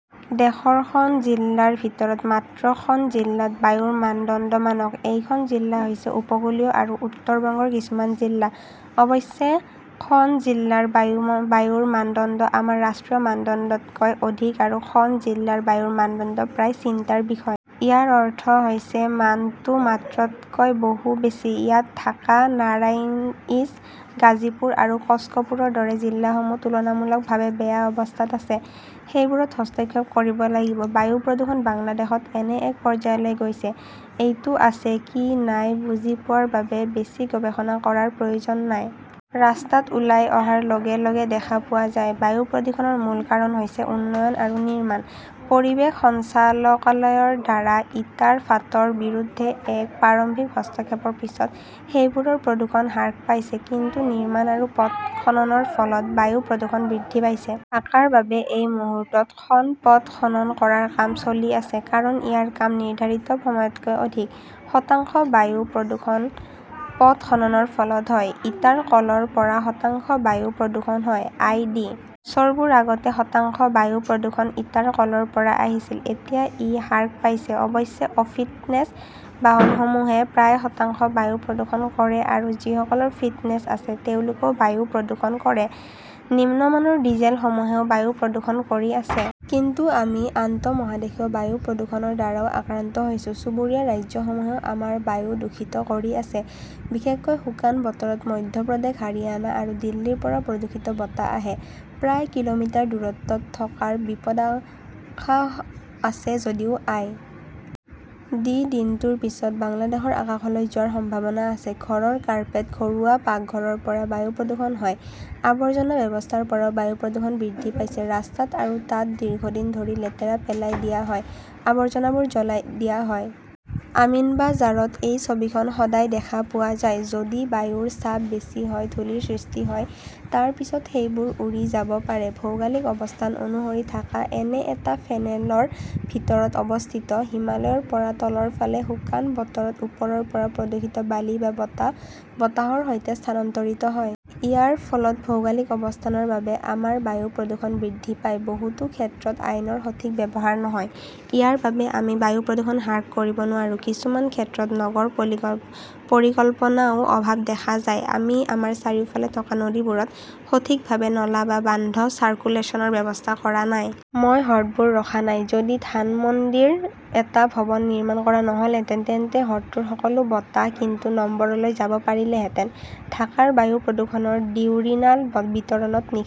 দেশৰ খন জিলাৰ ভিতৰত মাত্ৰ খন জিলাত বায়ুৰ মানদণ্ড মানক। এই খন জিলা হৈছে উপকূলীয় আৰু উত্তৰ বংগৰ কিছুমান জিলা। অৱশ্যে, খন জিলাৰ বায়ু বায়ুৰ মানদণ্ড আমাৰ ৰাষ্ট্ৰীয় মানদণ্ডতকৈ অধিক আৰু খন জিলাৰ বায়ুৰ মানদণ্ড প্ৰায় চিন্তাৰ বিষয়। ইয়াৰ অৰ্থ হৈছে মানটো মাত্ৰতকৈ বহু বেছি। ইয়াত ঢাকা, নাৰাংইজ, গাজীপুৰ আৰু কক্সপুৰৰ দৰে জিলাসমূহ তুলনামূলকভাৱে বেয়া অৱস্থাত আছে। সেইবোৰত হস্তক্ষেপ কৰিব লাগিব। বায়ু প্ৰদূষণ বাংলাদেশত এনে এক পৰ্যায়লৈ গৈছে; এইটো আছে, কি নাই-বুজি পোৱাৰ বাবে বেছি গৱেষণা কৰাৰ প্ৰয়োজন নাই। ৰাস্তাত ওলাই অহাৰ লগে লগে দেখা পোৱা যায়। বায়ু প্ৰদূষণৰ মূল কাৰণ হৈছে উন্নয়ন আৰু নিৰ্মাণ। পৰিৱেশ সঞ্চালকালয়ৰ দ্বাৰা ইটাৰ ফাঁটৰ বিৰুদ্ধে এক প্ৰাৰম্ভিক হস্তক্ষেপৰ পিছত সেইবোৰৰ প্ৰদূষণ হ্ৰাস পাইছে। কিন্তু নিৰ্মাণ আৰু পথ খননৰ ফলত বায়ু প্ৰদূষণ বৃদ্ধি পাইছে। ঢাকাৰ বাবে এই মুহূৰ্তত খন পথ খনন কৰাৰ কাম চলি আছে কাৰণ ইয়াৰ কাম নিৰ্ধাৰিত সময়তকৈ অধিক। শতাংশ বায়ু প্ৰদূষণ পথ খননৰ ফলত হয়। ইটাৰ কলৰ পৰা শতাংশ বায়ু প্ৰদূষণ হয়। আই. ডি. বছৰবোৰ আগতে শতাংশ বায়ু প্ৰদূষণ ইটাৰ কলৰ পৰা আহিছিল। এতিয়া ই হ্ৰাস পাইছে। অৱশ্যে, অফিটনেছ বাহনসমূহে প্ৰায় শতাংশ বায়ু প্ৰদূষণ কৰে আৰু যিসকলৰ ফিটনেছ আছে তেওঁলোকেও প্ৰায় বায়ু প্ৰদূষণ কৰে। নিম্নমানৰ ডিজেলসমূহেও বায়ু প্ৰদূষণ কৰি আছে। কিন্তু আমি আন্তঃমহাদেশীয় বায়ু প্ৰদূষণৰ দ্বাৰাও আক্ৰান্ত হৈছো। চুবুৰীয়া ৰাজ্যসমূহেও আমাৰ বায়ু দূষিত কৰি আছে। বিশেষকৈ শুকান বতৰত মধ্য প্ৰদেশ, হাৰিয়ানা আৰু দিল্লীৰ পৰা প্ৰদূষিত বতাহ আহে। প্ৰায় কিলোমিটাৰ দূৰত্বত থকাৰ বিপদাংশা আছে যদিও আই. ডি. দিনটোৰ পিছত বাংলাদেশৰ আকাশলৈ যোৱাৰ সম্ভাৱনা আছে। ঘৰৰ কাৰ্পেট, ঘৰুৱা পাকঘৰৰ পৰা বায়ু প্ৰদূষণ হয়। আৱৰ্জনা ব্যৱস্থাৰ পৰাও বায়ু প্ৰদূষণ বৃদ্ধি পাইছে। ৰাস্তাত আৰু তাত দীৰ্ঘদিন ধৰি লেতেৰা পেলাই দিয়া হয়। আৱৰ্জনাবোৰ জ্বলাই দিয়া হয়। আমিনবাঝাৰত এই ছবিখন সদায় দেখা পোৱা যায়। যদি বায়ুৰ চাপ বেছি হয়, ধূলিৰ সৃষ্টি হয়। তাৰ পিছত সেইবোৰ উৰি যাব পাৰে। ভৌগোলিক অৱস্থান অনুসৰি, ঢাকা এনে এটা ফেনেলৰ ভিতৰত অৱস্থিত; হিমালয়ৰ পৰা তলৰ ফালে, শুকান বতৰত ওপৰৰ পৰা প্ৰদূষিত বালি বা বতাহ বতাহৰ সৈতে স্থানান্তৰিত হয়। ইয়াৰ ফলত ভৌগোলিক অৱস্থানৰ বাবে আমাৰ বায়ু প্ৰদূষণ বৃদ্ধি পায়। বহুতো ক্ষেত্ৰত আইনৰ সঠিক ব্যৱহাৰ নহয়। ইয়াৰ বাবে আমি বায়ু প্ৰদূষণ হ্ৰাস কৰিব নোৱাৰো। কিছুমান ক্ষেত্ৰত নগৰ পৰিকল্পনাতও অভাৱ দেখা যায়। আমি আমাৰ চাৰিওফালে থকা নদীবোৰত সঠিকভাৱে নলা বা বান্ধ চাৰ্কুলেশনৰ ব্যৱস্থা কৰা নাই। মই হ্ৰদবোৰ ৰখা নাই। যদি ধানমন্ডি ৰ এটা ভৱন নিৰ্মাণ কৰা নহলহেঁতেন, তেন্তে হ্ৰদটোৰ সকলো বতাহ কিন্তু নম্বৰলৈ যাব পাৰিলেহেঁতেন। ঢাকাৰ বায়ু প্ৰদূষণৰ ডিউৰিনাল বিতৰণত নি